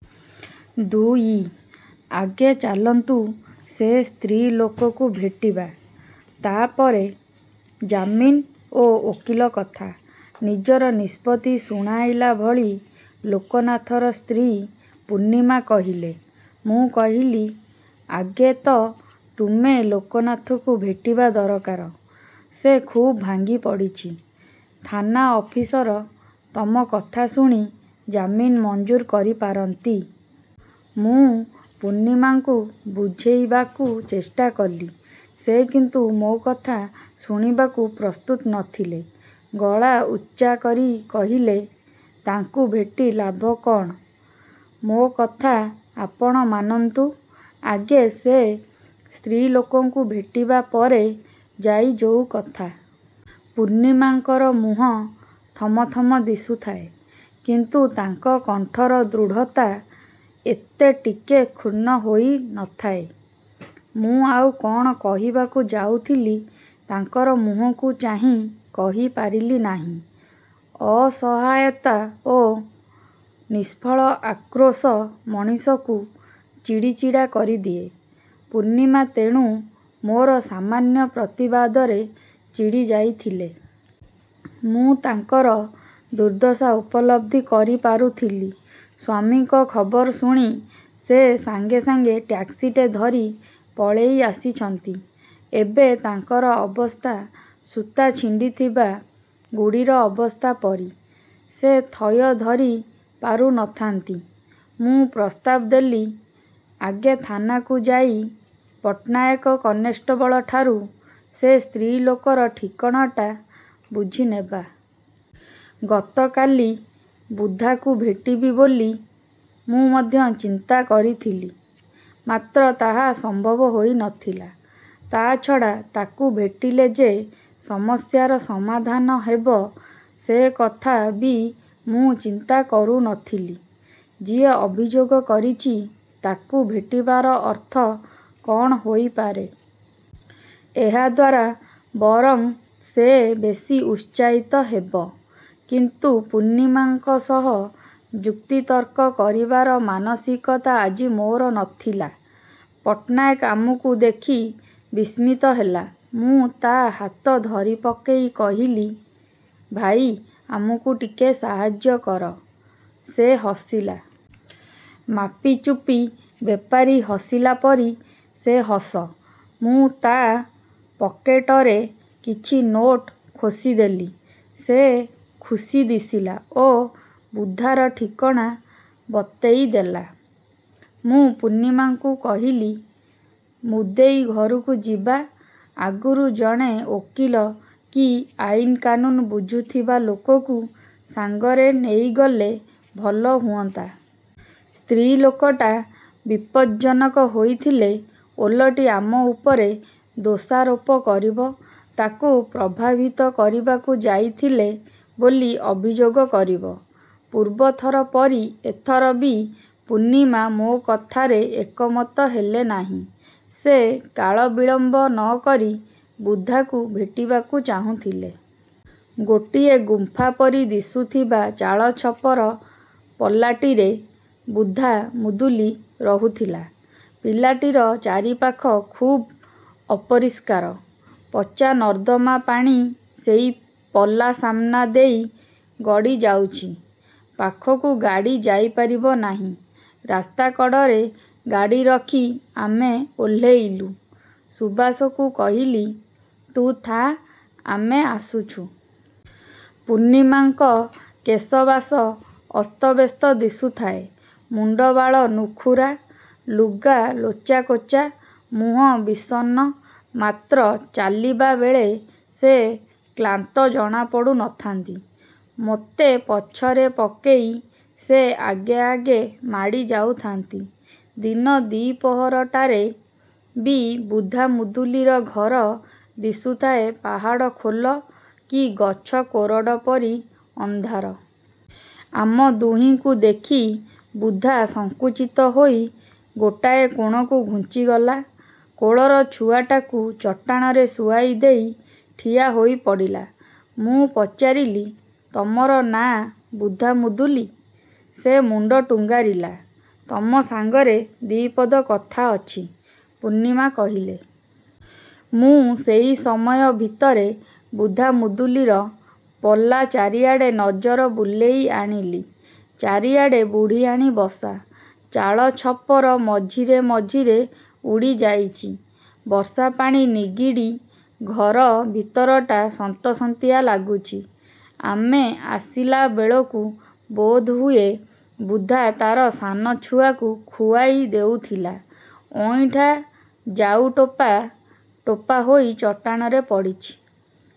ଦୁଇ।: ଆଗେ ଚାଲନ୍ତୁ ସେ ସ୍ତ୍ରୀ ଲୋକକୁ ଭେଟିବା। ତାପରେ ଜାମିନ ଓ ଓକିଲ କଥା। ନିଜର ନିଷ୍ପତ୍ତି ଶୁଣାଇଲା ଭଳି ଲୋକନାଥର ସ୍ତ୍ରୀ ପୂର୍ଣ୍ଣିମା କହିଲେ। ମୁଁ କହିଲି, "ଆଗେ ତ ତୁମେ ଲୋକନାଥକୁ ଭେଟିବା ଦରକାର। ସେ ଖୁବ୍ ଭାଙ୍ଗିପଡ଼ିଛି। ଥାନା ଅଫିସର ତମ କଥା ଶୁଣି ଜାମିନ ମଂଜୁର କରିପାରନ୍ତି...। " ମୁଁ ପୂର୍ଣ୍ଣିମାଙ୍କୁ ବୁଝେଇବାକୁ ଚେଷ୍ଟା କଲି। ସେ କିନ୍ତୁ ମୋ କଥା ଶୁଣିବାକୁ ପ୍ରସ୍ତୁତ ନ ଥିଲେ। ଗଳା ଉଚ୍ଚା କରି କହିଲେ, "ତାଙ୍କୁ ଭେଟି ଲାଭ କଣ? ମୋ କଥା ଆପଣ ମାନନ୍ତୁ। ଆଗେ ସେ ସ୍ତ୍ରୀଲୋକଙ୍କୁ ଭେଟିବା ପରେ ଯାଇ ଯୋଉ କଥା। " ପୂର୍ଣ୍ଣିମାଙ୍କର ମୁହଁ ଥମଥମ ଦିଶୁଥାଏ। କିନ୍ତୁ ତାଙ୍କ କଣ୍ଠର ଦୃଢ଼ତା ଏତେ ଟିକେ କ୍ଷୁଣ୍ଣ ହୋଇ ନ ଥାଏ। ମୁଁ ଆଉ କ'ଣ କହିବାକୁ ଯାଉଥିଲି ତାଙ୍କର ମୁହଁକୁ ଚାହିଁ କହିପାରିଲି ନାହିଁ। ଅସହାୟତା ଓ ନିଷ୍ଫଳ ଆକ୍ରୋଶ ମଣିଷକୁ ଚିଡ଼ିଚିଡ଼ା କରିଦିଏ। ପୂର୍ଣ୍ଣିମା ତେଣୁ ମୋର ସାମାନ୍ୟ ପ୍ରତିବାଦରେ ଚିଡ଼ିଯାଇଥିଲେ।। ମୁଁ ତାଙ୍କର ଦୁର୍ଦ୍ଦଶା ଉପଲବ୍ଧି କରିପାରୁଥିଲି। ସ୍ୱାମୀଙ୍କ ଖବର ଶୁଣି ସେ ସାଙ୍ଗେ ସାଙ୍ଗେ ଟ୍ୟାକ୍ସିଟେ ଧରି ପଳେଇ ଆସିଛନ୍ତି। ଏବେ ତାଙ୍କର ଅବସ୍ଥା ସୂତା ଛିଣ୍ଡିଥିବା ଗୁଡ଼ିର ଅବସ୍ଥା ପରି। ସେ ଥୟ ଧରି ପାରୁ ନଥାଆନ୍ତି। ମୁଁ ପ୍ରସ୍ତାବ ଦେଲି, "ଆଗେ ଥାନାକୁ ଯାଇ ପଟ୍ଟନାୟକ କନେଷ୍ଟବଳଠାରୁ ସେ ସ୍ତ୍ରୀଲୋକର ଠିକଣାଟା ବୁଝିନେବା। " ଗତକାଲି ବୁଧାକୁ ଭେଟିବି ବୋଲି ମୁଁ ମଧ୍ୟ ଚିନ୍ତା କରିଥିଲି। ମାତ୍ର ତାହା ସମ୍ଭବ ହୋଇ ନଥିଲା। ତାଛଡ଼ା ତାକୁ ଭେଟିଲେ ଯେ ସମସ୍ୟାର ସମାଧାନ ହେବ ସେ କଥା ବି ମୁଁ ଚିନ୍ତା କରୁ ନଥିଲି। ଯିଏ ଅଭିଯୋଗ କରିଛି ତାକୁ ଭେଟିବାର ଅର୍ଥ କଣ ହୋଇପାରେ? ଏହାଦ୍ୱାରା ବରଂ ସେ ବେଶୀ ଉତ୍ସାହିତ ହେବ। କିନ୍ତୁ ପୂର୍ଣ୍ଣିମାଙ୍କ ସହ ଯୁକ୍ତିତର୍କ କରିବାର ମାନସିକତା ଆଜି ମୋର ନ ଥିଲା। ପଟ୍ଟନାୟକ ଆମକୁ ଦେଖି ବିସ୍ମିତ ହେଲା। ମୁଁ ତା ହାତ ଧରିପକେଇ କହିଲି, "ଭାଇ! ଆମକୁ ଟିକେ ସାହାଯ୍ୟ କର। " ସେ ହସିଲା। ମାପିଚୁପି ବେପାରୀ ହସିଲା ପରି ସେ ହସ। ମୁଁ ତା ପକେଟରେ କିଛି ନୋଟ୍ ଖୋସିଦେଲି। ସେ ଖୁସି ଦିଶିଲା ଓ ବୁଧାର ଠିକଣା ବତେଇ ଦେଲା। ମୁଁ ପୂର୍ଣ୍ଣିମାଙ୍କୁ କହିଲି, "ମୁଦେଇ ଘରକୁ ଯିବା ଆଗରୁ ଜଣେ ଓକିଲ କି ଆଇନକାନୁନ ବୁଝୁଥିବା ଲୋକକୁ ସାଙ୍ଗରେ ନେଇଗଲେ ଭଲ ହୁଅନ୍ତା। ସ୍ତ୍ରୀଲୋକଟା ବିପଜ୍ଜନକ ହୋଇଥିଲେ ଓଲଟି ଆମ ଉପରେ ଦୋଷାରୋପ କରିବ, ତାକୁ ପ୍ରଭାବିତ କରିବାକୁ ଯାଇଥିଲେ ବୋଲି ଅଭିଯୋଗ କରିବ। " ପୂର୍ବଥର ପରି ଏଥର ବି ପୂର୍ଣ୍ଣିମା ମୋ କଥାରେ ଏକମତ ହେଲେ ନାହିଁ। ସେ କାଳବିଳମ୍ବ ନ କରି ବୁଧାକୁ ଭେଟିବାକୁ ଚାହୁଁଥିଲେ। ଗୋଟିଏ ଗୁମ୍ଫା ପରି ଦିଶୁଥିବା ଚାଳଛପର ପଲାଟିରେ ବୁଧା ମୁଦୁଲି ରହୁଥିଲା। ପିଲାଟିର ଚାରିପାଖ ଖୁବ୍ ଅପରିଷ୍କାର। ପଚା ନର୍ଦ୍ଦମା ପାଣି ସେଇ ପଲା ସାମ୍ନା ଦେଇ ଗଡ଼ିଯାଉଛି-। ପାଖକୁ ଗାଡ଼ି ଯାଇପାରିବ ନାହିଁ। ରାସ୍ତାକଡ଼ରେ ଗାଡ଼ି ରଖି ଆମେ ଓହ୍ଲେଇଲୁ। ସୁଭାଷକୁ କହିଲି, 'ତୁ ଥା, ଆମେ ଆସୁଛୁ। ' ପୂର୍ଣ୍ଣିମାଙ୍କ କେଶବାସ ଅସ୍ତବ୍ୟସ୍ତ ଦିଶୁଥାଏ। ମୁଣ୍ଡବାଳ ନୁଖୁରା, ଲୁଗା ଲୋଚାକୋଚା, ମୁହଁ ବିଷଣ୍ଣ। ମାତ୍ର ଚାଲିବାବେଳେ ସେ କ୍ଳାନ୍ତ ଜଣାପଡ଼ୁ ନଥାନ୍ତି। ମୋତେ ପଛରେ ପକେଇ ସେ ଆଗେ ଆଗେ ମାଡ଼ିଯାଉଥାନ୍ତି। ଦିନ ଦିପହରଟାରେ ବି ବୁଧା ମୁଦୁଲିର ଘର ଦିଶୁଥାଏ ପାହାଡ଼ ଖୋଲ କି ଗଛ କୋରଡ଼ ପରି ଅନ୍ଧାର। ଆମ ଦୁହିଁଙ୍କୁ ଦେଖି ବୁଧା ସଙ୍କୁଚିତ ହୋଇ ଗୋଟାଏ କୋଣକୁ ଘୁଞ୍ଚିଗଲା। କୋଳର ଛୁଆଟାକୁ ଚଟାଣରେ ଶୁଆଇଦେଇ ଠିଆ ହୋଇପଡ଼ିଲା। ମୁଁ ପଚାରିଲି, 'ତମର ନାଁ ବୁଧା ମୁଦୁଲି? ' ସେ ମୁଣ୍ଡ ଟୁଙ୍ଗାରିଲା।: ତମ ସାଙ୍ଗରେ ଦି' ପଦ କଥା ଅଛି। –ପୂର୍ଣ୍ଣିମା କହିଲେ। ମୁଁ ସେଇ ସମୟ ଭିତରେ ବୁଧା ମୁଦୁଲିର ପଲା ଚାରିଆଡ଼େ ନଜର ବୁଲେଇ ଆଣିଲି। ଚାରିଆଡ଼େ ବୁଢ଼ିଆଣୀ ବସା। ଚାଳଛପର ମଝିରେ ମଝିରେ ଉଡ଼ିଯାଇଚି। ବର୍ଷାପାଣି ନିଗିଡ଼ି ଘର ଭିତରଟା ସନ୍ତସନ୍ତିଆ ଲାଗୁଛି। ଆମେ ଆସିଲାବେଳକୁ ବୋଧହୁଏ ବୁଧା ତାର ସାନଛୁଆକୁ ଖୁଆଇ ଦେଉଥିଲା। ଅଇଁଠା ଜାଉ ଟୋପା ଟୋପା ହୋଇ ଚଟାଣରେ ପଡ଼ିଛି।